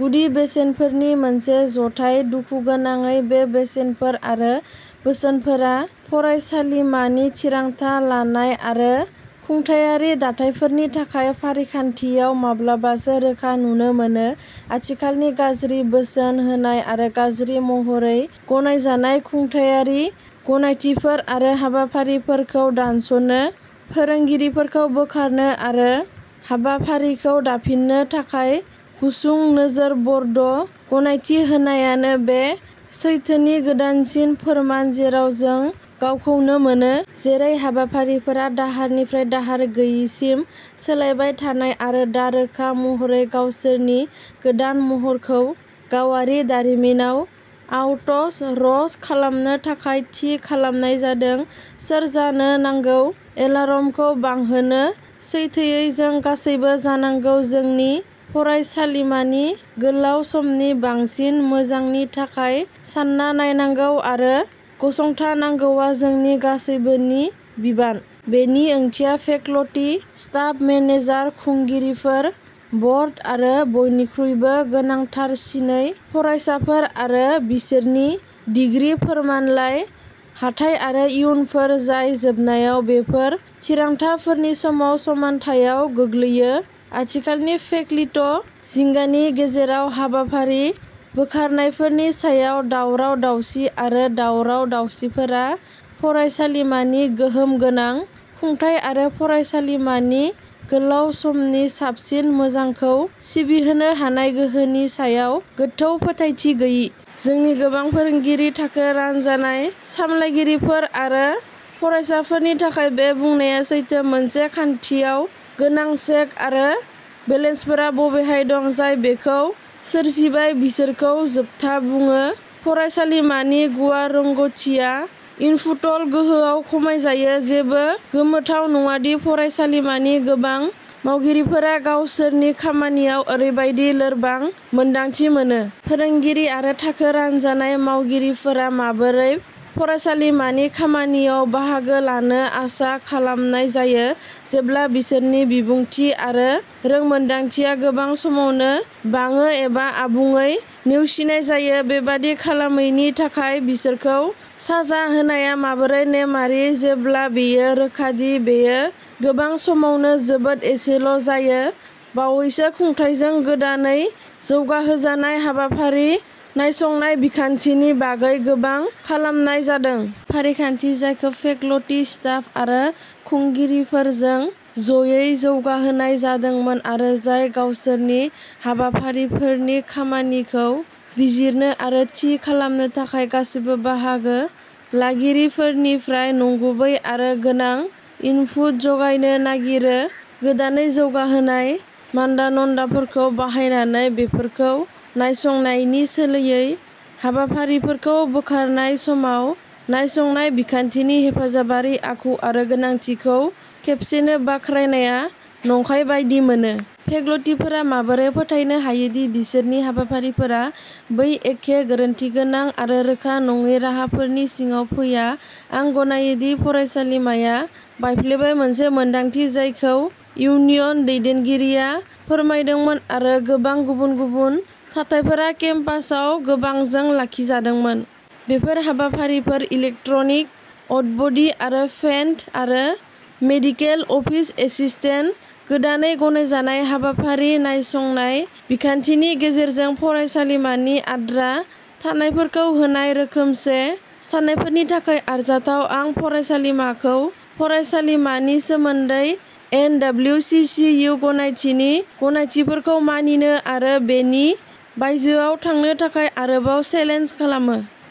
गुदि बेसेनफोरनि मोनसे जथाय। दुखुगोनाङै बे बेसेनफोर आरो बोसोनफोरा फरायसालिमानि थिरांथा लानाय आरो खुंथायारि दाथायफोरनि थाखाय फारिखान्थियाव माब्लाबासो रोखा नुनो मोनो। आथिखालनि गाज्रि बोसोन होनाय आरो गाज्रि महरै गनायजानाय खुंथायारि गनायथिफोर आरो हाबाफारिफोरखौ दानस'नो, फोरोंगिरिफोरखौ बोखारनो आरो हाबाफारिफोरखौ दाफिननो थाखाय गुसुं नोजोर बर्ड गनायथि होनायानो बे सैथोनि गोदानसिन फोरमान जेराव जों गावखौनो मोनो। जेरै हाबाफारिफोरा दाहारनिफ्राय दाहार गैयैसिम सोलायबाय थानाय, आरो दा रोखा महरै गावसोरनि गोदान महरखौ गावारि दारिमिनाव आउटस रस खालामनो थाखाय थि खालामनाय जादों, सोर जानो नांगौ एलार्मखौ बांहोनो सैथोयै, जों गासैबो जानांगौ। जोंनि फरायसालिमानि गोलाव समनि बांसिन मोजांनि थाखाय सानना नायनांगौ आरो गसंथानांगौआ जोंनि गासैबोनि बिबान। बेनि ओंथिया फेक्लटि, स्टाफ, मेनेजार, खुंगिरिफोर, बर्ड आरो, बयनिख्रुइबो गोनांथारसिनै, फरायसाफोर। बेयो बिसोरनि डिग्री, फोरमानलाइ, हाथाइ आरो इयुनफोर जाय जोबनायाव बेफोर थिरांथाफोरनि समाव समान्थायाव गोलैयो। आथिखालनि फेकलिट जिंगानि गेजेराव। हाबाफारि बोखारनायफोरनि सायाव दावराव-दावसि आरो दावराव-दावसिफोरा फरायसालिमानि गोहोम गोनां खुंथाय आरो फरायसालिमानि गोलाव समनि साबसिन मोजांखौ सिबिहोनो हानाय गोहोनि सायाव गोथौ फोथायथि गैयि। जोंनि गोबां फोरोंगिरि, थाखो रानजानाय, सामलायगिरिफोर आरो फरायसाफोरनि थाखाय, बे बुंनाया सैथो। मोनसे खान्थियाव गोनां चेक आरो बेलेन्सफोरा बबेहाय दं, जाय बेखौ सोरजिबाय बिसोरखौ जोबथा बुङो फरायसालिमानि गुवार रोंग'थिआ इनपुटल' गोहोआव खमायजायो। जेबो गोमोथाव नङा दि फरायसालिमानि गोबां मावगिरिफोरा गावसोरनि खामानियाव ओरैबादि लोरबां मोन्दांथि मोनो। फोरोंगिरि आरो थाखो रानजानाय मावगिरिफोरा माबोरै फरायसालिमानि खामानियाव बाहागो लानो आसा खालामनाय जायो, जेब्ला बिसोरनि बिबुंथि आरो रोंमोनदांथिया गोबां समावनो बाङो एबा आबुङै नेवसिनाय जायो बेबादि खालामैनि थाखाय बिसोरखौ साजा होनाया माबोरै नेमआरि, जेब्ला बेयो रोखा दि बेयो गोबां समावनो जोबोद एसेल' जायो बावैसो खुंथायजों गोदानै जौगाहोजानाय हाबाफारि नायसंनाय बिखान्थिनि बागै गोबां खालामनाय जादों। फारिखान्थि जायखौ फेकल्टी, स्टाफ आरो खुंगिरिफोरजों ज'यै जौगाहोनाय जादोंमोन आरो जाय गावसोरनि हाबाफारिफोरनि खामानिखौ बिजिरनो आरो थि खालामनो थाखाय गासैबो बाहागो लागिरिफोरनिफ्राय नंगुबै आरो गोनां इनपुट जगायनो नागिरो। गोदानै जौगाहोनाय मानदा नदाफोरखौ बाहायनानै बेफोरखौ नायसंनायनि सोलायै हाबाफारिफोरखौ बोखारनाय समाव नायसंनाय बिखान्थिनि हेफाजाबारि आखु आरो गोनांथिखौ खेबसेनो बाख्नायनाया नंखाय बायदि मोनो। फेक्लटीफोरा माबोरै फोथायनो हायो दि बिसोरनि हाबाफारिफोरा बै एखे गोरोन्थिगोनां आरो रोखा नङै राहाफोरनि सिङाव फैया आं गनायो दि फरायसालिमाया बायफ्लेबाय, मोनसे मोनदांथि जायखौ इउनियन दैदेनगिरिया फोरमायदोंमोन आरो गोबां गुबुन गुबुन थाथायफोराव केम्पासआव गोबांजों लाखिजादोंमोन। बेफोर हाबाफारिफोर इलेक्ट्रनिक, अट'बडी आरो पेन्ट आरो मेडिकेल अफिस एसिस्टेन्ट, गोदानै गनायजानाय हाबाफारि नायसंनाय बिखान्थिनि गेजेरजों फरायसालिमानि आद्रा थानायफोरखौ होनाय रोखोमसे साननायफोरनि थाखाय आरजाथाव। आं फरायसालिमाखौ फरायसालिमानि सोमोन्दै N W C C U गनायथिनि गनायथिफोरखौ मानिनो आरो बेनि बायजोआव थांनो थाखाय आरोबाव चेलेन्ज खालामो।